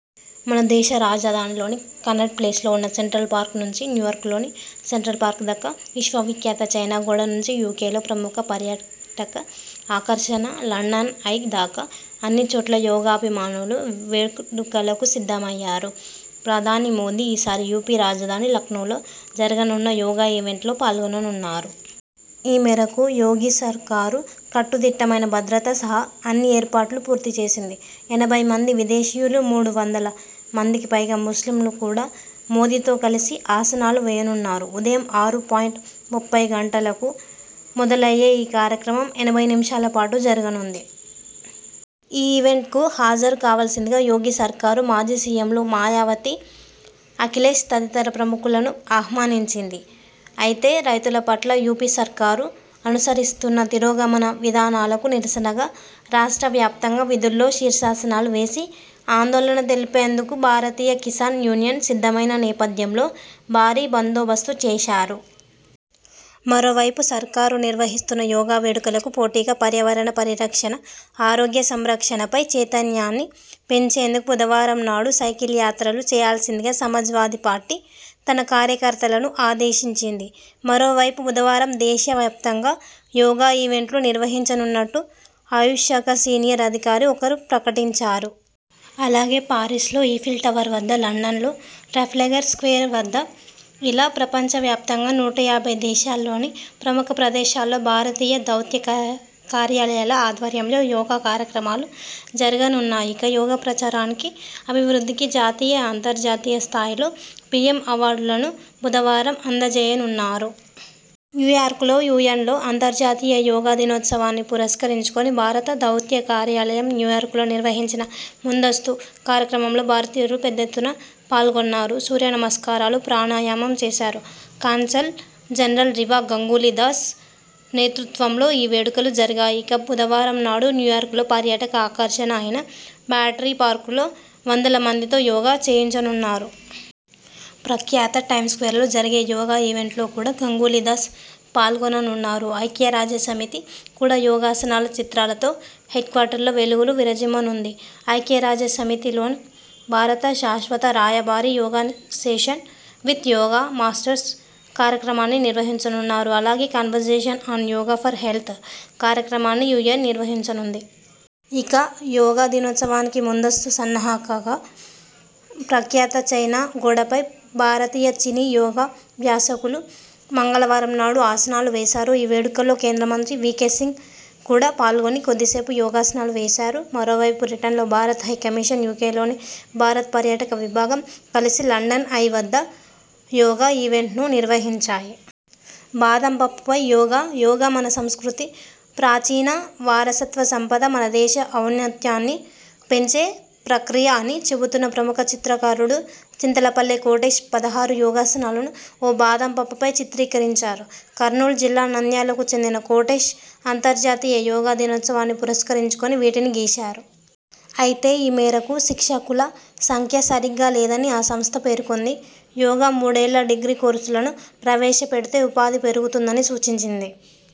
మన దేశ రాజధానిలోని కన్నాట్ప్లేస్లో ఉన్న సెంట్రల్ పార్క్ నుంచి న్యూయార్క్లోని సెంట్రల్ పార్క్దాకా విశ్వవిఖ్యాత చైనా గోడ నుంచి యూకేలో ప్రముఖ పర్యాటక ఆకర్షణ 'లండన్ ఐ' దాకా అన్ని చోట్ల యోగాభిమానులు వేడుకలకు సిద్ధమయ్యారు. ప్రధాని మోదీ ఈసారి యూపీ రాజధాని లఖ్నవ్లో జరగనున్న యోగా ఈవెంట్లో పాల్గొననున్నారు. ఈ మేరకు యోగి సర్కారు కట్టుదిట్టమైన భద్రత సహా అన్ని ఏర్పాట్లూ పూర్తిచేసింది. ఎనభై మంది విదేశీయులు, మూడు వందల మందికిపైగా ముస్లింలు కూడా మోదీతో కలిసి ఆసనాలు వేయనున్నారు. ఉదయం ఆరు పాయింట్ ముప్పై గంటలకు మొదలయ్యే ఈ కార్యక్రమం ఎనభై నిమిషాలపాటు జరగనుంది. ఈ ఈవెంట్కు హాజరు కావాల్సిందిగా యోగి సర్కారు మాజీ సీఎంలు మాయావతి, అఖిలేశ్ తదితర ప్రముఖులను ఆహ్వానించింది. అయితే రైతుల పట్ల యూపీ సర్కారు అనుసరిస్తున్న తిరోగమన విధానాలకు నిరసనగా రాష్ట్ర వ్యాప్తంగా వీధుల్లో శీర్షాసనాలు వేసి ఆందోళన తెలిపేందుకు భారతీయ కిసాన్ యూనియన్ సిద్ధమైన నేపథ్యంలో భారీ బందోబస్తు చేశారు. మరోవైపు.. సర్కారు నిర్వహిస్తున్న యోగా వేడుకలకు పోటీగా పర్యావరణ పరిరక్షణ, ఆరోగ్య సంరక్షణపై చైతన్యాన్ని పెంచేందుకు బుధవారం నాడు సైకిల్యాత్రలు చేయాల్సిందిగా సమాజ్వాదీ పార్టీ తన కార్యకర్తలను ఆదేశించింది. మరోవైపు బుధవారం దేశవ్యాప్తంగా యోగా ఈవెంట్లు నిర్వహించనున్నట్టు ఆయుష్ శాఖ సీనియర్ అధికారి ఒకరు ప్రకటించారు. అలాగే పారిస్ లో ఈఫిల్ టవర్ వద్ద, లండన్లో ట్రెఫాల్గర్ స్క్వేర్ వద్ద ఇలా ప్రపంచవ్యాప్తంగా నూట యాభై దేశాల్లోని ప్రముఖ ప్రదేశాల్లో భారతీయ దౌత్యకార్యాలయాల ఆధ్వర్యంలో యోగా కార్యక్రమాలు జరగనున్నాయి. ఇక యోగా ప్రచారానికి, అభివృద్ధికి జాతీయ, అంతర్జాతీయ స్థాయిలో పీఎం అవార్డులను బుధవారం అందజేయనున్నారు. న్యూయార్క్లో యూఎన్లో అంతర్జాతీయ యోగా దినోత్సవాన్ని పురస్కరించుకుని భారత దౌత్య కార్యాలయం న్యూయార్క్లో నిర్వహించిన ముందస్తు కార్యక్రమంలో భారతీయులు పెద్ద ఎత్తున పాల్గొన్నారు. సూర్యనమస్కారాలు, ప్రాణాయామం చేశారు. కాన్సల్ జనరల్ రివా గంగూలీ దాస్ నేతృత్వంలో ఈ వేడుకలు జరిగాయి. ఇక బుధవారం నాడు న్యూయార్క్లో పర్యాటక ఆకర్షణ అయిన బ్యాటరీ పార్క్లో వందలమందితో యోగా చేయించనున్నారు. ప్రఖ్యాత టైమ్స్స్క్వేర్లో జరిగే యోగా ఈవెంట్లో కూడా గంగూలీ దాస్ పాల్గొననున్నారు. ఐక్యరాజ్యసమితి కూడా యోగాసనాల చిత్రాలతో హెడ్క్వార్టర్స్లో వెలుగులు విరజిమ్మనుంది. ఐక్యరాజ్యసమితిలో భారత శాశ్వత రాయబారి 'yoga session with yoga masters' కార్యక్రమాన్ని నిర్వహించనున్నారు. అలాగే 'conversation on yoga for health' కార్యక్రమాన్ని యూఎన్ నిర్వహించనుంది. ఇక యోగా దినోత్సవానికి ముందస్తు సన్నాహకంగా ప్రఖ్యాత చైనా గోడపై భారతీయ, చీనీ యోగాభ్యాసకులు మంగళవారం నాడు ఆసనాలు వేశారు. ఈ వేడుకల్లో కేంద్ర మంత్రి వీకే సింగ్ కూడా పాల్గొని కొద్దిసేపు యోగాసనాలు వేశారు. మరోవైపు బ్రిటన్లో భారత్ హై కమిషన్, యూకేలోని భారత పర్యాటక విభాగం కలిసి లండన్ ఐ వద్ద యోగా ఈవెంట్ను నిర్వహించాయి. బాదం పప్పుపై యోగా! యోగా మన సంస్కృతి. ప్రాచీన వారసత్వ సంపద. మన దేశ ఔన్నత్యాన్ని పెంచే ప్రక్రియ అని చెబుతున్న ప్రముఖ చిత్రకారుడు చింతలపల్లె కోటేశ్ పదహారు యోగాసనాలను ఓ బాదం పప్పుపై చిత్రీకరించారు. కర్నూలు జిల్లా నంద్యాలకు చెందిన కోటేశ్ అంతర్జాతీయ యోగా దినోత్సవాన్ని పురస్కరించుకుని వీటిని గీశారు. అయితే ఈ మేరకు శిక్షకుల సంఖ్య సరిగ్గా లేదని ఆ సంస్థ పేర్కొంది. యోగా మూడేళ్ల డిగ్రీ కోర్సులను ప్రవేశపెడితే ఉపాధి పెరుగుతుందని సూచించింది.